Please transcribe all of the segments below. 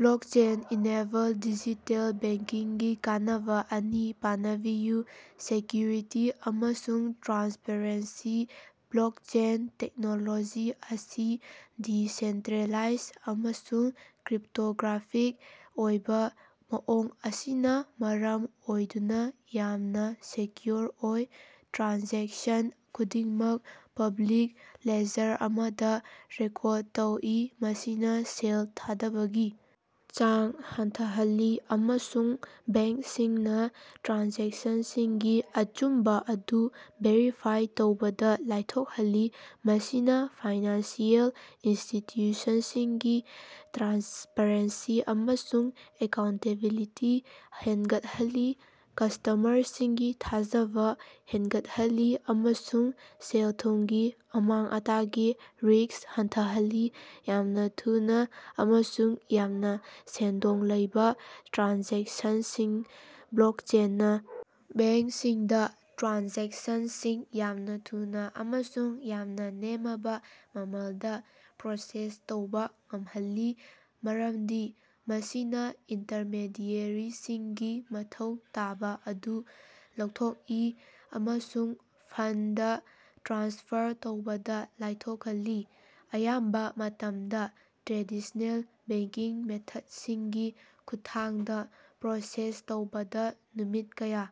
Blockchain-enabled digital ꯕꯦꯡꯀꯤꯡꯒꯤ ꯀꯥꯟꯅꯕ ꯑꯅꯤ ꯄꯥꯅꯕꯤꯌꯨ꯫ ꯁꯦꯀ꯭ꯌꯨꯔꯤꯇꯤ ꯑꯃꯁꯨꯡ ꯇ꯭ꯔꯥꯟꯁꯄꯔꯦꯟꯁꯤ: ꯕ꯭ꯂꯣꯛꯆꯦꯟ ꯇꯦꯛꯅꯣꯂꯣꯖꯤ ꯑꯁꯤ ꯗꯤꯁꯦꯟꯇ꯭ꯔꯦꯂꯥꯏꯖ ꯑꯃꯁꯨꯡ ꯀ꯭ꯔꯤꯞꯇꯣꯒ꯭ꯔꯥꯐꯤꯛ ꯑꯣꯏꯕ ꯃꯑꯣꯡ ꯑꯁꯤꯅ ꯃꯔꯝ ꯑꯣꯏꯗꯨꯅ ꯌꯥꯝꯅ ꯁꯦꯀ꯭ꯌꯨꯔ ꯑꯣꯏ꯫ ꯇ꯭ꯔꯥꯟꯖꯦꯛꯁꯟ ꯈꯨꯗꯤꯡꯃꯛ ꯄꯕ꯭ꯂꯤꯛ ꯂꯦꯖꯔ ꯑꯃꯗ ꯔꯦꯀꯣꯔꯗ ꯇꯧꯏ, ꯃꯁꯤꯅ ꯁꯦꯜ ꯊꯥꯗꯕꯒꯤ ꯆꯥꯡ ꯍꯟꯊꯍꯜꯂꯤ ꯑꯃꯁꯨꯡ ꯕꯦꯡꯛꯁꯤꯡꯅ ꯇ꯭ꯔꯥꯟꯖꯦꯛꯁꯟꯁꯤꯡꯒꯤ ꯑꯆꯨꯝꯕ ꯑꯗꯨ ꯚꯦꯔꯤꯐꯥꯏ ꯇꯧꯕꯗ ꯂꯥꯏꯊꯣꯛꯜꯂꯤ꯫ ꯃꯁꯤꯅ ꯐꯥꯏꯅꯥꯟꯁꯤꯑꯦꯜ ꯏꯟꯁꯇꯤꯇ꯭ꯌꯨꯁꯟꯁꯤꯡꯒꯤ ꯇ꯭ꯔꯥꯟꯁꯄꯔꯦꯟꯁꯤ ꯑꯃꯁꯨꯡ ꯑꯦꯀꯥꯎꯟꯇꯦꯕꯤꯂꯤꯇꯤ ꯍꯦꯟꯒꯠꯍꯜꯂꯤ, ꯀ꯭ꯁꯇꯃꯔꯁꯤꯡꯒꯤ ꯊꯥꯖꯕꯥ ꯍꯦꯟꯒꯠꯍꯜꯂꯤ ꯑꯃꯁꯨꯡ ꯁꯦꯜ-ꯊꯨꯝꯒꯤ ꯑꯃꯥꯡ-ꯑꯇꯥꯒꯤ ꯔꯤꯁ꯭ꯛ ꯍꯟꯊꯍꯜꯂꯤ꯫ ꯌꯥꯝꯅ ꯊꯨꯅ ꯑꯃꯁꯨꯡ ꯌꯥꯝꯅ ꯁꯦꯟꯗꯣꯡ ꯂꯩꯕ ꯇ꯭ꯔꯥꯟꯖꯦꯛꯁꯟꯁꯤꯡ: ꯕ꯭ꯂꯣꯛꯆꯦꯟꯅ ꯕꯦꯡꯛꯁꯤꯡꯗ ꯇ꯭ꯔꯥꯟꯖꯦꯛꯁꯟꯁꯤꯡ ꯌꯥꯝꯅ ꯊꯨꯅ ꯑꯃꯁꯨꯡ ꯌꯥꯝꯅ ꯅꯦꯃꯕ ꯃꯃꯜꯗ ꯄ꯭ꯔꯣꯁꯦꯁ ꯇꯧꯕ ꯉꯝꯍꯜꯂꯤ, ꯃꯔꯝꯗꯤ ꯃꯁꯤꯅ ꯏꯟꯇ꯭ꯔꯃꯦꯗꯤꯑꯦꯔꯤꯁꯤꯡꯒꯤ ꯃꯊꯧ ꯇꯥꯕ ꯑꯗꯨ ꯂꯧꯊꯣꯛꯏ ꯑꯃꯁꯨꯡ ꯐꯟꯗ ꯇ꯭ꯔꯥꯟꯁꯐꯔ ꯇꯧꯕꯗꯥ ꯂꯥꯏꯊꯣꯈꯜꯂꯤ꯫ ꯑꯌꯥꯝꯕ ꯃꯇꯝꯗ ꯇ꯭ꯔꯦꯗꯤꯁ꯭ꯅꯦꯜ ꯕꯦꯡꯀꯤꯡ ꯃꯦꯊ꯭ꯗꯁꯤꯡꯒꯤ ꯈꯨꯠꯊꯥꯡꯗ ꯄ꯭ꯔꯣꯁꯦꯁ ꯇꯧꯕꯗ ꯅꯨꯃꯤꯠ ꯀꯌꯥ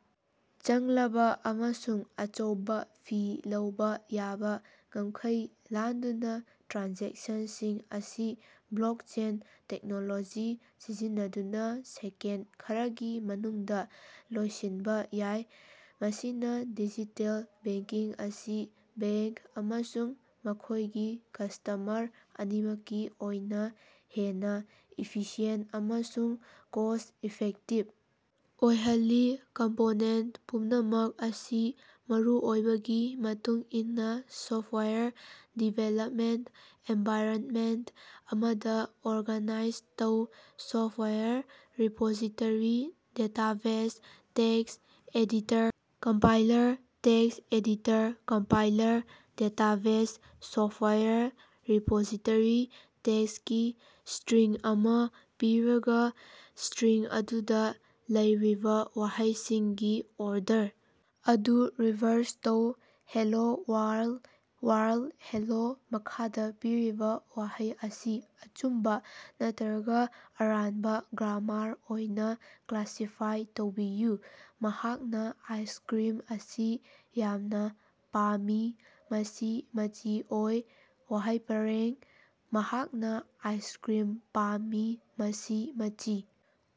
ꯆꯪꯂꯕ ꯑꯃꯁꯨꯡ ꯑꯆꯧꯕ ꯐꯤ ꯂꯧꯕ ꯌꯥꯕ ꯉꯝꯈꯩ ꯂꯥꯟꯗꯨꯅ ꯇ꯭ꯔꯥꯟꯖꯦꯛꯁꯟꯁꯤꯡ ꯑꯁꯤ ꯕ꯭ꯂꯣꯛꯆꯦꯟ ꯇꯦꯛꯅꯣꯂꯣꯖꯤ ꯁꯤꯖꯤꯟꯅꯗꯨꯅ ꯁꯦꯀꯦꯟ ꯈꯔꯒꯤ ꯃꯅꯨꯡꯗ ꯂꯣꯏꯁꯤꯟꯕ ꯌꯥꯏ꯫ ꯃꯁꯤꯅ ꯗꯤꯖꯤꯇꯦꯜ ꯕꯦꯡꯀꯤꯡ ꯑꯁꯤ ꯕꯦꯡꯛ ꯑꯃꯁꯨꯡ ꯃꯈꯣꯏꯒꯤ ꯀ꯭ꯁꯇꯃꯔ ꯑꯅꯤꯃꯛꯀꯤ ꯑꯣꯏꯅ ꯍꯦꯟꯅ ꯏꯐꯤꯁꯤꯌꯦꯟꯠ ꯑꯃꯁꯨꯡ ꯀꯣꯁ꯭ꯠ ꯏꯐꯦꯛꯇꯤꯕ ꯑꯣꯏꯍꯜꯂꯤ꯫ ꯀꯝꯄꯣꯅꯦꯟꯠ ꯄꯨꯝꯅꯃꯛ ꯑꯁꯤ ꯃꯔꯨꯑꯣꯏꯕꯒꯤ ꯃꯇꯨꯡꯏꯟꯅ ꯁꯣꯐꯋꯥꯌꯔ ꯗꯤꯚꯦꯂꯞꯃꯦꯟꯠ ꯑꯦꯟꯚꯥꯏꯔꯟꯃꯦꯟꯠ ꯑꯃꯗ ꯑꯣꯔꯒꯥꯅꯥꯏꯖ ꯇꯧ- software repository, database, text editor, compiler, text editor compiler database software repository. ꯇꯦꯛꯁꯀꯤ ꯁ꯭ꯇꯔꯤꯡ ꯑꯃꯥ ꯄꯤꯔꯒꯥ, ꯁ꯭ꯇꯔꯤꯡ ꯑꯗꯨꯗ ꯂꯩꯔꯤꯕ ꯋꯥꯍꯩꯁꯤꯡꯒꯤ ꯑꯣꯔꯗꯔ ꯑꯗꯨ ꯔꯤꯚ꯭ꯔꯁ ꯇꯧ꯫ Hello world. World hello. ꯃꯈꯥꯗꯥ ꯄꯤꯔꯤꯕꯥ ꯋꯥꯍꯩ ꯑꯁꯤ ꯑꯆꯨꯝꯕꯥ ꯅꯠꯇꯔꯒ ꯑꯔꯥꯟꯕ ꯒ꯭ꯔꯥꯃꯥꯔ ꯑꯣꯏꯅ ꯀ꯭ꯂꯥꯁꯤꯐꯥꯏ ꯇꯧꯕꯤꯌꯨ: "ꯃꯍꯥꯛꯅ ꯑꯥꯏꯁꯀ꯭ꯔꯤꯝ ꯑꯁꯤ ꯌꯥꯝꯅ ꯄꯥꯝꯃꯤ ꯃꯁꯤ ꯃꯆꯤ ꯑꯣꯏ꯫" ꯋꯥꯍꯩ ꯄꯔꯦꯡ: ꯃꯍꯥꯛꯅ ꯑꯥꯏꯁꯀ꯭ꯔꯤꯝ ꯄꯥꯝꯃꯤ ꯃꯁꯤ ꯃꯆꯤ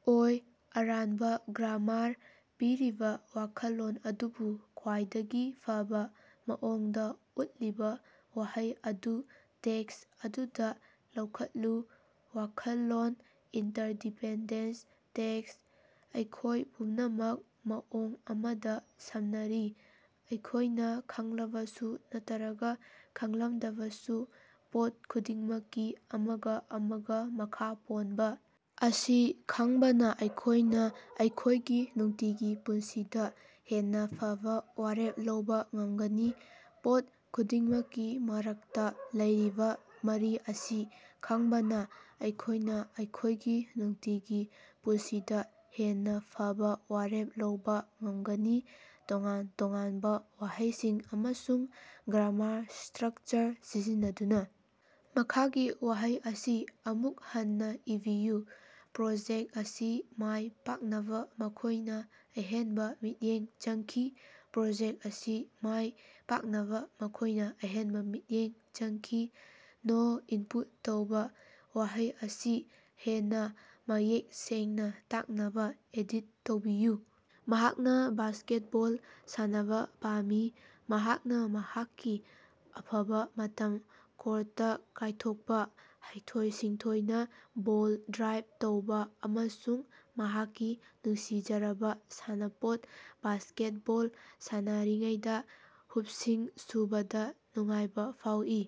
ꯑꯣꯏ꯫ ꯑꯔꯥꯟꯕ ꯒ꯭ꯔꯥꯃꯥꯔ꯫ ꯄꯤꯔꯤꯕ ꯋꯥꯈꯜꯂꯣꯟ ꯑꯗꯨꯕꯨ ꯈ꯭ꯋꯥꯏꯗꯒꯤ ꯐꯕ ꯃꯑꯣꯡꯗ ꯎꯠꯂꯤꯕ ꯋꯥꯍꯩ ꯑꯗꯨ ꯇꯦꯛꯁ ꯑꯗꯨꯗ ꯂꯧꯈꯠꯂꯨ꯫ ꯋꯥꯈꯜꯂꯣꯟ: ꯏꯟꯇꯔꯗꯤꯄꯦꯟꯗꯦꯟꯁ ꯇꯦꯛꯁ: ꯑꯩꯈꯣꯏ ꯄꯨꯝꯅꯃꯛ ꯃꯑꯣꯡ ꯑꯃꯗ ꯁꯝꯅꯔꯤ, ꯑꯩꯈꯣꯏꯅ ꯈꯪꯂꯕꯁꯨ ꯅꯠꯇꯔꯒ ꯈꯪꯂꯝꯗꯕꯁꯨ꯫ ꯄꯣꯠ ꯈꯨꯗꯤꯡꯃꯛꯀꯤ ꯑꯃꯒ ꯑꯃꯒ ꯃꯈꯥ ꯄꯣꯟꯕ ꯑꯁꯤ ꯈꯪꯕꯅ ꯑꯩꯈꯣꯏꯅ ꯑꯩꯈꯣꯏꯒꯤ ꯅꯨꯡꯇꯤꯒꯤ ꯄꯨꯟꯁꯤꯗ ꯍꯦꯟꯅ ꯐꯕ ꯋꯥꯔꯦꯞ ꯂꯧꯕ ꯉꯝꯒꯅꯤ꯫ ꯄꯣꯠ ꯈꯨꯗꯤꯡꯃꯛꯀꯤ ꯃꯔꯛꯇ ꯂꯩꯔꯤꯕ ꯃꯔꯤ ꯑꯁꯤ ꯈꯪꯕꯅ ꯑꯩꯈꯣꯏꯅ ꯑꯩꯈꯣꯏꯒꯤ ꯅꯨꯡꯇꯤꯒꯤ ꯄꯨꯟꯁꯤꯗ ꯍꯦꯟꯅ ꯐꯕ ꯋꯥꯔꯦꯞ ꯂꯧꯕꯥ ꯉꯝꯒꯅꯤ꯫ ꯇꯣꯉꯥꯟ-ꯇꯣꯉꯥꯟꯕ ꯋꯥꯍꯩꯁꯤꯡ ꯑꯃꯁꯨꯡ ꯒ꯭ꯔꯥꯃꯥꯔ ꯁ꯭ꯇꯔꯛꯆꯔ ꯁꯤꯖꯤꯟꯅꯗꯨꯅ ꯃꯈꯥꯒꯤ ꯋꯥꯍꯩ ꯑꯁꯤ ꯑꯃꯨꯛ ꯍꯟꯅ ꯏꯕꯤꯌꯨ꯫ ꯄ꯭ꯔꯣꯖꯦꯛ ꯑꯁꯤ ꯃꯥꯏ ꯄꯥꯛꯅꯕ ꯃꯈꯣꯏꯅ ꯑꯍꯦꯟꯕ ꯃꯤꯠꯌꯦꯡ ꯆꯪꯈꯤ꯫ ꯄ꯭ꯔꯣꯖꯦꯛ ꯑꯁꯤ ꯃꯥꯏ ꯄꯥꯛꯅꯕ ꯃꯈꯣꯏꯅ ꯑꯍꯦꯟꯕ ꯃꯤꯠꯌꯦꯡ ꯆꯪꯈꯤ꯫ ꯅꯣ ꯏꯅꯄꯨꯠ ꯇꯧꯕ꯫ ꯋꯥꯍꯩ ꯑꯁꯤ ꯍꯦꯟꯅꯥ ꯃꯌꯦꯛ ꯁꯦꯡꯅ ꯇꯥꯛꯅꯕ ꯑꯦꯗꯤꯠ ꯇꯧꯕꯤꯌꯨ: "ꯃꯍꯥꯛꯅ ꯕꯥꯁ꯭ꯀꯦꯠꯕꯣꯜ ꯁꯥꯟꯅꯕ ꯄꯥꯝꯃꯤ꯫" ꯃꯍꯥꯛꯅ ꯃꯍꯥꯛꯀꯤ ꯑꯐꯕ ꯃꯇꯝ ꯀꯣꯔ꯭ꯠꯇ ꯀꯥꯏꯊꯣꯛꯄ, ꯍꯩꯊꯣꯏ-ꯁꯤꯡꯊꯣꯏꯅ ꯕꯣꯜ ꯗ꯭ꯔꯥꯏꯕ ꯇꯧꯕ ꯑꯃꯁꯨꯡ ꯃꯍꯥꯛꯀꯤ ꯅꯨꯡꯁꯤꯖꯔꯕ ꯁꯥꯟꯅꯄꯣꯠ ꯕꯥꯁꯀꯦꯠꯕꯣꯜ ꯁꯥꯟꯅꯔꯤꯉꯩꯗ ꯍꯨꯞꯁꯤꯡ ꯁꯨꯕꯗ ꯅꯨꯡꯉꯥꯏꯕ ꯐꯥꯎꯏ꯫